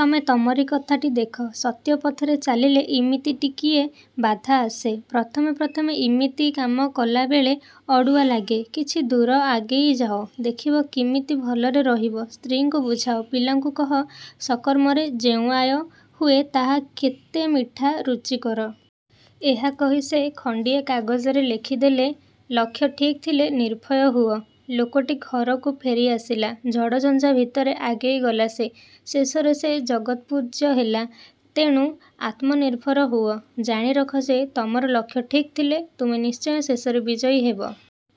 ତମେ ତମରି କଥାଟି ଦେଖ। ସତ୍ୟ ପଥରେ ଚାଲିଲେ ଇମିତି ଟିକିଏ ବାଧା ଆସେ। ପ୍ରଥମେ ପ୍ରଥମେ ଇମିତି କାମ କଲାବେଳେ ଅଡ଼ୁଆ ଲାଗେ। କିଛି ଦୂର ଆଗେଇ ଯାଅ, ଦେଖିବ କିମିତି ଭଲରେ ରହିବ। ସ୍ତ୍ରୀଙ୍କୁ ବୁଝାଅ, ପିଲାଙ୍କୁ କହ—ସତ୍କର୍ମରେ ଯେଉଁ ଆୟ ହୁଏ ତାହା କେତେ ମିଠା, ରୁଚିକର। '' ଏହା କହି ସେ ଖଣ୍ତିଏ କାଗଜରେ ଲେଖିଦେଲେ—'ଲକ୍ଷ୍ୟ ଠିକ୍ ଥିଲେ ନିର୍ଭୟ ହୁଅ'। ଲୋକଟି ଘରକୁ ଫେରିଆସିଲା। ଝଡ଼ଝଞ୍ଜା ଭିତରେ ଆଗେଇଗଲା ସେ। ଶେଷରେ ସେ ଜଗତ୍ପୂଜ୍ୟ ହେଲା। ତେଣୁ ଆତ୍ମନିର୍ଭର ହୁଅ। ଜାଣିରଖ ଯେ ତମର ଲକ୍ଷ୍ୟ ଠିକ୍ ଥିଲେ ତୁମେ ନିଶ୍ଚୟ ଶେଷରେ ବିଜୟୀ ହେବ।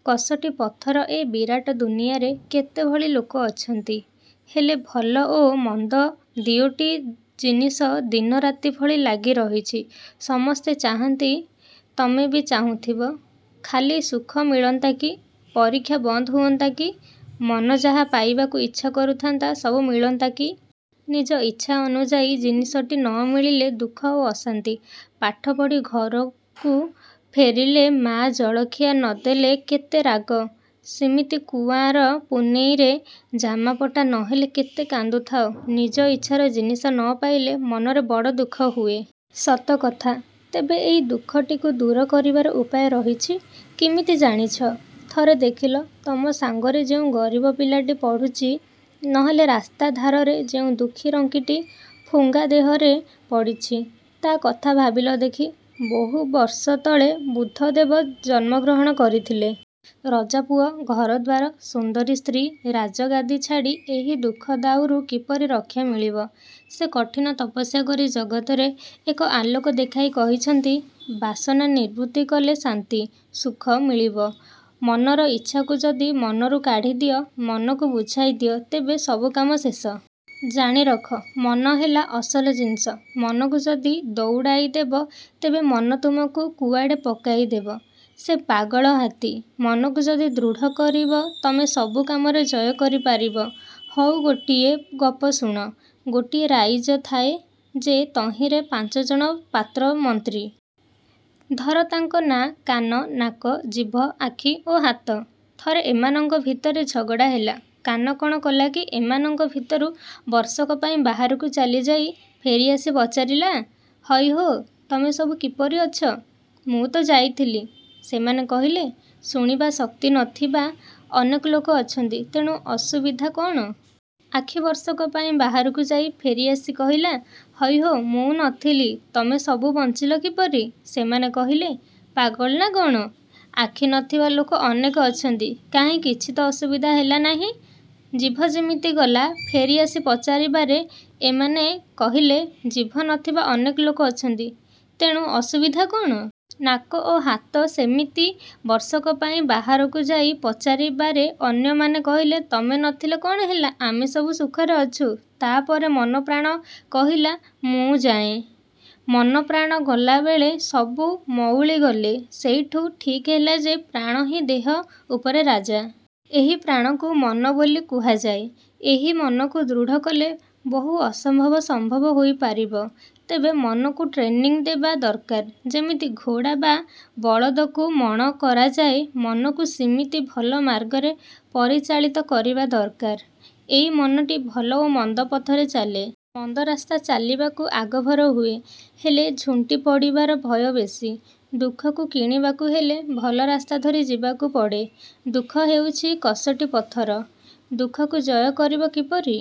କଷଟି ପଥର ଏ ବିରାଟ ଦୁନିଆରେ କେତେଭଳି ଲୋକ ଅଛନ୍ତି। ହେଲେ ଭଲ ଓ ମନ୍ଦ ଦିଓଟି ଜିନିଷ ଦିନରାତି ଭଳି ଲାଗି ରହିଛି। ସମସ୍ତେ ଚାହାନ୍ତି, ତମେ ବି ଚାହୁଁଥିବ, ଖାଲି ସୁଖ ମିଳନ୍ତା କି? ପରୀକ୍ଷା ବନ୍ଦ ହୁଅନ୍ତା କି? ମନ ଯାହା ପାଇବାକୁ ଇଚ୍ଛା କରୁଥାନ୍ତା, ସବୁ ମିଳନ୍ତା କି? ନିଜ ଇଚ୍ଛା ଅନୁଯାୟୀ ଜିନିଷଟି ନ ମିଳିଲେ ଦୁଃଖ ଓ ଅଶାନ୍ତି। ପାଠ ପଢ଼ି ଘରକୁ ଫେରିଲେ ମାଆ ଜଳଖିଆ ନଦେଲେ କେତେ ରାଗ। ସିମିତି କୁଆଁର ପୁନେଇଁରେ ଜାମାପଟା ନହେଲେ କେତେ କାନ୍ଦୁଥାଅ, ନିଜ ଇଚ୍ଛାର ଜିନିଷ ନ ପାଇଲେ ମନରେ ବଡ଼ ଦୁଃଖ ହୁଏ। ସତ କଥା। ତେବେ ଏଇ ଦୁଃଖଟିକୁ ଦୂର କରିବାର ଉପାୟ ରହିଛି। କିମିତି ଜାଣିଛ? ଥରେ ଦେଖିଲ, ତମ ସାଙ୍ଗରେ ଯେଉଁ ଗରିବ ପିଲାଟି ପଢ଼ୁଚି, ନ ହେଲେ ରାସ୍ତା ଧାରରେ ଯେଉଁ ଦୁଃଖୀ ରଙ୍କିଟି ଫୁଙ୍ଗା ଦେହରେ ପଡ଼ିଛି, ତା'କଥା ଭାବିଲ ଦେଖି। ବହୁବର୍ଷତଳେ ବୁଦ୍ଧଦେବ ଜନ୍ମଗ୍ରହଣ କରିଥିଲେ। ରଜାପୁଅ, ଘରଦ୍ୱାର, ସୁନ୍ଦରୀ ସ୍ତ୍ରୀ, ରାଜଗାଦି ଛାଡ଼ି ଏହି ଦୁଃଖ ଦାଉରୁ କିପରି ରକ୍ଷା ମିଳିବ, ସେ କଠିନ ତପସ୍ୟା କରି ଜଗତରେ ଏକ ଆଲୋକ ଦେଖାଇ କହିଛନ୍ତି—ବାସନା ନିବୃତ୍ତି କଲେ ଶାନ୍ତି, ସୁଖ, ମିଳିବ। ମନର ଇଚ୍ଛାକୁ ଯଦି ମନରୁ କାଢ଼ିଦିଅ, ମନକୁ ବୁଝାଇ ଦିଅ, ତେବେ ସବୁକାମ ଶେଷ। ଜାଣିରଖ 'ମନ' ହେଲା ଅସଲ ଜିନିଷ। ମନକୁ ଯଦି ଦଉଡ଼ାଇ ଦେବ ତେବେ ମନ ତୁମକୁ କୁଆଡ଼େ ପକାଇ ଦେବ—ସେ ପାଗଳା ହାତୀ। ମନକୁ ଯଦି ଦୃଢ଼ କରିବ ତମେ ସବୁ କାମରେ ଜୟ କରି ପାରିବ। ହଉ ଗୋଟିଏ ଗପ ଶୁଣ। ଗୋଟିଏ ରାଇଜ ଥାଏ ଯେ ତହିଁରେ ପାଞ୍ଚଜଣ ପାତ୍ରମନ୍ତ୍ରୀ। ଧର ତାଙ୍କ ନାଁ କାନ, ନାକ, ଜିଭ, ଆଖି ଓ ହାତ। ଥରେ ଏମାନଙ୍କ ଭିତରେ ଝଗଡ଼ା ହେଲା। କାନ କ'ଣ କଲାକି ଏମାନଙ୍କ ଭିତରୁ ବର୍ଷକ ପାଇଁ ବାହାରକୁ ଚାଲିଯାଇ ଫେରିଆସି ପଚାରିଲା–''ହଇହୋ, ତମେ ସବୁ କିପରି ଅଛ? ମୁଁ ତ ଯାଇଥିଲି। '' ସେମାନେ କହିଲେ, ''ଶୁଣିବା ଶକ୍ତି ନଥିବା ଅନେକ ଲୋକ ଅଛନ୍ତି, ତେଣୁ ଅସୁବିଧା କ'ଣ? '' ଆଖି ବର୍ଷକ ପାଇଁ ବାହାରକୁ ଯାଇ ଫେରିଆସି କହିଲା—''ହଇ ହୋ, ମୁଁ ନଥିଲି, ତମେସବୁ ବଞ୍ଚିଲ କିପରି? '' ସେମାନେ କହିଲେ–''ପାଗଳ ନା କ'ଣ? ଆଖି ନଥିବା ଲୋକ ଅନେକ ଅଛନ୍ତି। କାହିଁ କିଛିତ ଅସୁବିଧା ହେଲା ନାହିଁ। '' ଜିଭ ସିମିତି ଗଲା, ଫେରିଆସି ପଚାରିବାରେ ଏମାନେ କହିଲେ, ''ଜିଭ ନଥିବା ଅନେକ ଲୋକ ଅଛନ୍ତି, ତେଣୁ ଅସୁବିଧା କ'ଣ? '' ନାକ ଓ ହାତ ସେମିତି ବର୍ଷକ ପାଇଁ ବାହାରକୁ ଯାଇ ପଚାରିବାରେ ଅନ୍ୟମାନେ କହିଲେ—''ତମେ ନ ଥିଲେ କ'ଣ ହେଲା, ଆମେସବୁ ସୁଖରେ ଅଛୁଁ-। '' ତା'ପରେ ମନ-ପ୍ରାଣ କହିଲା ମୁଁ ଯାଏଁ। ମନ-ପ୍ରାଣ ଗଲାବେଳେ ସବୁ ମଉଳିଗଲେ। ସେଇଠୁ ଠିକ୍ ହେଲା ଯେ ପ୍ରାଣ ହିଁ ଦେହ ଉପରେ ରାଜା। ଏହି ପ୍ରାଣକୁ ମନ ବୋଲି କୁହାଯାଏ। ଏହି ମନକୁ ଦୃଢ଼ କଲେ ବହୁ ଅସମ୍ଭବ ସମ୍ଭବ ହୋଇପାରିବ। ତେବେ ମନକୁ ଟ୍ରେନିଂ ଦେବା ଦରକାର। ଯେମିତି ଘୋଡ଼ା ବା ବଳଦକୁ ମଣ କରାଯାଏ, ମନକୁ ସିମିତି ଭଲ ମାର୍ଗରେ ପରିଚାଳିତ କରିବା ଦରକାର। ଏଇ ମନଟି ଭଲ ଓ ମନ୍ଦ ପଥରେ ଚାଲେ। ମନ୍ଦ ରାସ୍ତାରେ ଚାଲିବାକୁ ଆଗଭର ହୁଏ। ହେଲେ ଝୁଣ୍ଟିପଡ଼ିବାର ଭୟ ବେଶି। ଦୁଃଖକୁ କିଣିବାକୁ ହେଲେ ଭଲ ରାସ୍ତାଧରି ଯିବାକୁ ପଡ଼େ। ଦୁଃଖ ହେଉଛି କଷଟି ପଥର। ଦୁଃଖକୁ ଜୟ କରିବ କିପରି?